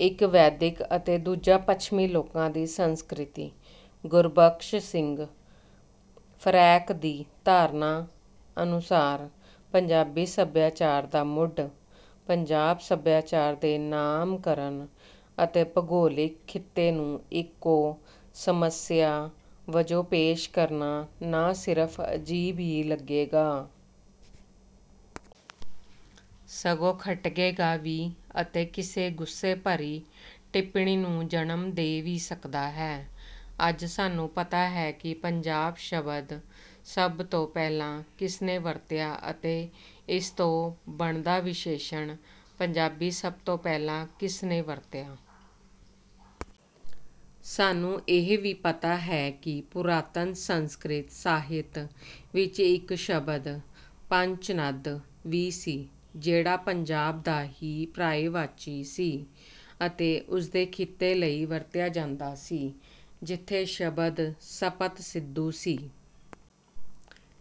ਇੱਕ ਵੈਦਿਕ ਅਤੇ ਦੂਜਾ ਪੱਛਮੀ ਲੋਕਾਂ ਦੀ ਸੰਸਕ੍ਰਿਤੀ। ਗੁਰਬਖਸ਼ ਸਿੰਘ ਫਰੈਂਕ ਦੀ ਧਾਰਨਾ ਅਨੁਸਾਰ ਪੰਜਾਬੀ ਸੱਭਿਆਚਾਰ ਦਾ ਮੁੱਢ। ਪੰਜਾਬ ਸੱਭਿਆਚਾਰ ਦੇ ਨਾਮਕਰਨ ਅਤੇ ਭੂਗੋਲਿਕ ਖਿੱਤੇ ਨੂੰ ਇੱਕੋ ਸਮੱਸਿਆ ਵਜੋਂ ਪੇਸ਼ ਕਰਨਾ ਨਾ ਸਿਰਫ ਅਜੀਬ ਹੀ ਲੱਗੇਗਾ। ਸਗੋਂ ਖਟਕੇਗਾ ਵੀ ਅਤੇ ਕਿਸੇ ਗੁੱਸੇ ਭਰੀ ਟਿੱਪਣੀ ਨੂੰ ਜਨਮ ਦੇ ਵੀ ਸਕਦਾ ਹੈ। ਅੱਜ ਸਾਨੂੰ ਪਤਾ ਹੈ ਕਿ ਪੰਜਾਬ ਸ਼ਬਦ ਸਭ ਤੋਂ ਪਹਿਲਾਂ ਕਿਸਨੇ ਵਰਤਿਆ ਅਤੇ ਇਸ ਤੋਂ ਬਣਦਾ ਵਿਸ਼ੇਸ਼ਣ ਪੰਜਾਬੀ ਸਭ ਤੋਂ ਪਹਿਲਾਂ ਕਿਸ ਨੇ ਵਰਤਿਆ। ਸਾਨੂੰ ਇਹ ਵੀ ਪਤਾ ਹੈ ਕਿ ਪੁਰਾਤਨ ਸੰਸਕ੍ਰਿਤ ਸਾਹਿਤ ਵਿੱਚ ਇੱਕ ਸ਼ਬਦ ਪੰਚਨਦ ਵੀ ਸੀ। ਜਿਹੜਾ ਪੰਜਾਬ ਦਾ ਹੀ ਪਰਿਆਇਵਾਚੀ ਸੀ ਅਤੇ ਉਸਦੇ ਖਿੱਤੇ ਲਈ ਵਰਤਿਆ ਜਾਂਦਾ ਸੀ ਜਿੱਥੇ ਸ਼ਬਦ ਸਪਤ ਸਿੰਧੂ ਸੀ।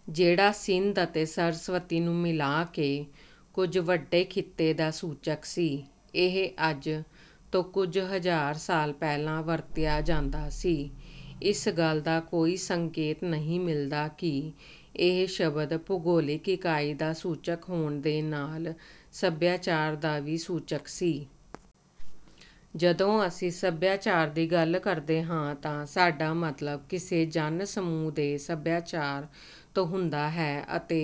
ਜਿਹੜਾ ਸਿੰਧ ਅਤੇ ਸਰਸਵਤੀ ਨੂੰ ਮਿਲਾ ਕੇ ਕੁੱਝ ਵੱਡੇ ਖਿੱਤੇ ਦਾ ਸੂਚਕ ਸੀ। ਇਹ ਅੱਜ ਤੋਂ ਕੁੱਝ ਹਜ਼ਾਰ ਸਾਲ ਪਹਿਲਾਂ ਵਰਤਿਆ ਜਾਂਦਾ ਸੀ। ਇਸ ਗੱਲ ਦਾ ਕੋਈ ਸੰਕੇਤ ਨਹੀਂ ਮਿਲਦਾ ਕਿ ਇਹ ਸ਼ਬਦ ਭੂਗੋਲਿਕ ਇਕਾਈ ਦਾ ਸੂਚਕ ਹੋਣ ਦੇ ਨਾਲ ਸੱਭਿਆਚਾਰ ਦਾ ਵੀ ਸੂਚਕ ਸੀ। ਜਦੋਂ ਅਸੀਂ ਸੱਭਿਆਚਾਰ ਦੀ ਗੱਲ ਕਰਦੇ ਹਾਂ ਤਾਂ ਸਾਡਾ ਮਤਲਬ ਕਿਸੇ ਜਨ ਸਮੂਹ ਦੇ ਸੱਭਿਆਚਾਰ ਤੋਂ ਹੁੰਦਾ ਹੈ ਅਤੇ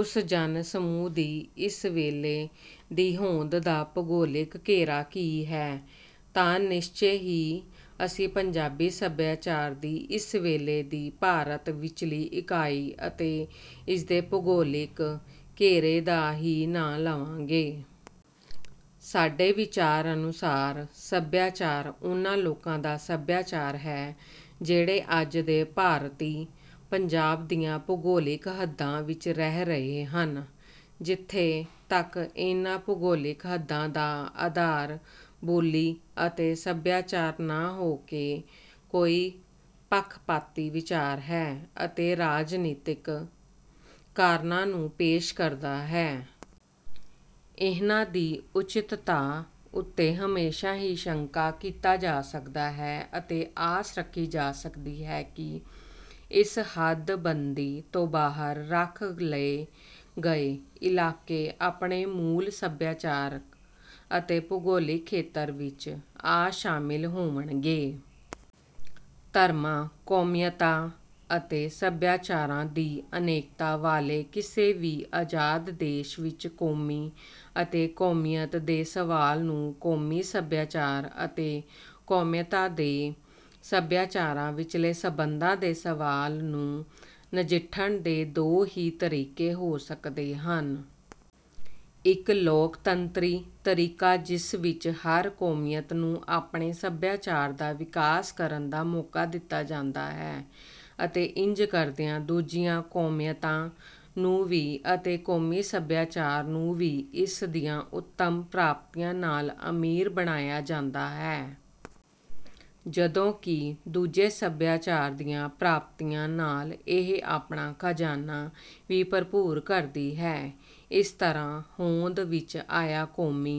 ਉਸ ਜਨ ਸਮੂਹ ਦੀ ਇਸ ਵੇਲੇ ਦੀ ਹੋਂਦ ਦਾ ਭੂਗੋਲਿਕ ਘੇਰਾ ਕੀ ਹੈ। ਤਾਂ ਨਿਸਚੇ ਹੀ ਅਸੀਂ ਪੰਜਾਬੀ ਸੱਭਿਆਚਾਰ ਦੀ ਇਸ ਵੇਲੇ ਦੀ ਭਾਰਤ ਵਿੱਚਲੀ ਇਕਾਈ ਅਤੇ ਇਸਦੇ ਭੂਗੋਲਿਕ ਘੇਰੇ ਦਾ ਹੀ ਨਾਂ ਲਵਾਂਗੇ। ਸਾਡੇ ਵਿਚਾਰ ਅਨੁਸਾਰ ਸੱਭਿਆਚਾਰ ਉਨ੍ਹਾਂ ਲੋਕਾਂ ਦਾ ਸੱਭਿਆਚਾਰ ਹੈ। ਜਿਹੜੇ ਅੱਜ ਦੇ ਭਾਰਤੀ ਪੰਜਾਬ ਦੀਆਂ ਭੂਗੋਲਿਕ ਹੱਦਾਂ ਵਿੱਚ ਰਹਿ ਰਹੇ ਹਨ। ਜਿੱਥੇ ਤੱਕ ਇਹਨਾਂ ਭੂਗੋਲਿਕ ਹੱਦਾਂ ਦਾ ਆਧਾਰ ਬੋਲੀ ਅਤੇ ਸੱਭਿਆਚਾਰ ਨਾ ਹੋ ਕੇ ਕੋਈ ਪੱਖਪਾਤੀ ਵਿਚਾਰ ਹੈ ਅਤੇ ਰਾਜਨੀਤਿਕ ਕਾਰਨਾਂ ਨੂੰ ਪੇਸ਼ ਕਰਦਾ ਹੈ। ਇਹਨਾਂ ਦੀ ਉਚਿਤਤਾ ਉੱਤੇ ਹਮੇਸ਼ਾ ਹੀ ਸ਼ੰਕਾ ਕੀਤਾ ਜਾ ਸਕਦਾ ਹੈ ਅਤੇ ਆਸ ਰੱਖੀ ਜਾ ਸਕਦੀ ਹੈ ਕਿ ਇਸ ਹੱਦਬੰਦੀ ਤੋਂ ਬਾਹਰ ਰੱਖ ਲਏ ਗਏ ਇਲਾਕੇ ਆਪਣੇ ਮੂਲ ਸੱਭਿਆਚਾਰ ਅਤੇ ਭੂਗੋਲਿਕ ਖੇਤਰ ਵਿੱਚ ਆ ਸ਼ਾਮਿਲ ਹੋਵਣਗੇ। ਧਰਮਾਂ ਕੌਮੀਅਤਾਂ ਅਤੇ ਸੱਭਿਆਚਾਰਾਂ ਦੀ ਅਨੇਕਤਾ ਵਾਲੇ ਕਿਸੇ ਵੀ ਅਜ਼ਾਦ ਦੇਸ਼ ਵਿੱਚ ਕੌਮੀ ਅਤੇ ਕੌਮੀਅਤ ਦੇ ਸਵਾਲ ਨੂੰ ਕੌਮੀ ਸੱਭਿਆਚਾਰ ਅਤੇ ਕੌਮੀਅਤਾਂ ਦੇ ਸੱਭਿਆਚਾਰਾਂ ਵਿੱਚਲੇ ਸਬੰਧਾਂ ਦੇ ਸਵਾਲ ਨੂੰ ਨਜਿੱਠਣ ਦੇ ਦੋ ਹੀ ਤਰੀਕੇ ਹੋ ਸਕਦੇ ਹਨ। ਇੱਕ ਲੋਕਤੰਤਰੀ ਤਰੀਕਾ ਜਿਸ ਵਿੱਚ ਹਰ ਕੌਮੀਅਤ ਨੂੰ ਆਪਣੇ ਸੱਭਿਆਚਾਰ ਦਾ ਵਿਕਾਸ ਕਰਨ ਦਾ ਮੌਕਾ ਦਿੱਤਾ ਜਾਂਦਾ ਹੈ ਅਤੇ ਇੰਜ ਕਰਦਿਆਂ ਦੂਜੀਆਂ ਕੌਮੀਅਤਾਂ ਨੂੰ ਵੀ ਅਤੇ ਕੌਮੀ ਸੱਭਿਆਚਾਰ ਨੂੰ ਵੀ ਇਸ ਦੀਆਂ ਉੱਤਮ ਪ੍ਰਾਪਤੀਆਂ ਨਾਲ ਅਮੀਰ ਬਣਾਇਆ ਜਾਂਦਾ ਹੈ। ਜਦੋਂ ਕਿ ਦੂਜੇ ਸੱਭਿਆਚਾਰ ਦੀਆਂ ਪ੍ਰਾਪਤੀਆਂ ਨਾਲ ਇਹ ਆਪਣਾ ਖਜ਼ਾਨਾ ਵੀ ਭਰਪੂਰ ਕਰਦੀ ਹੈ। ਇਸ ਤਰ੍ਹਾਂ ਹੋਂਦ ਵਿੱਚ ਆਇਆ ਕੌਮੀ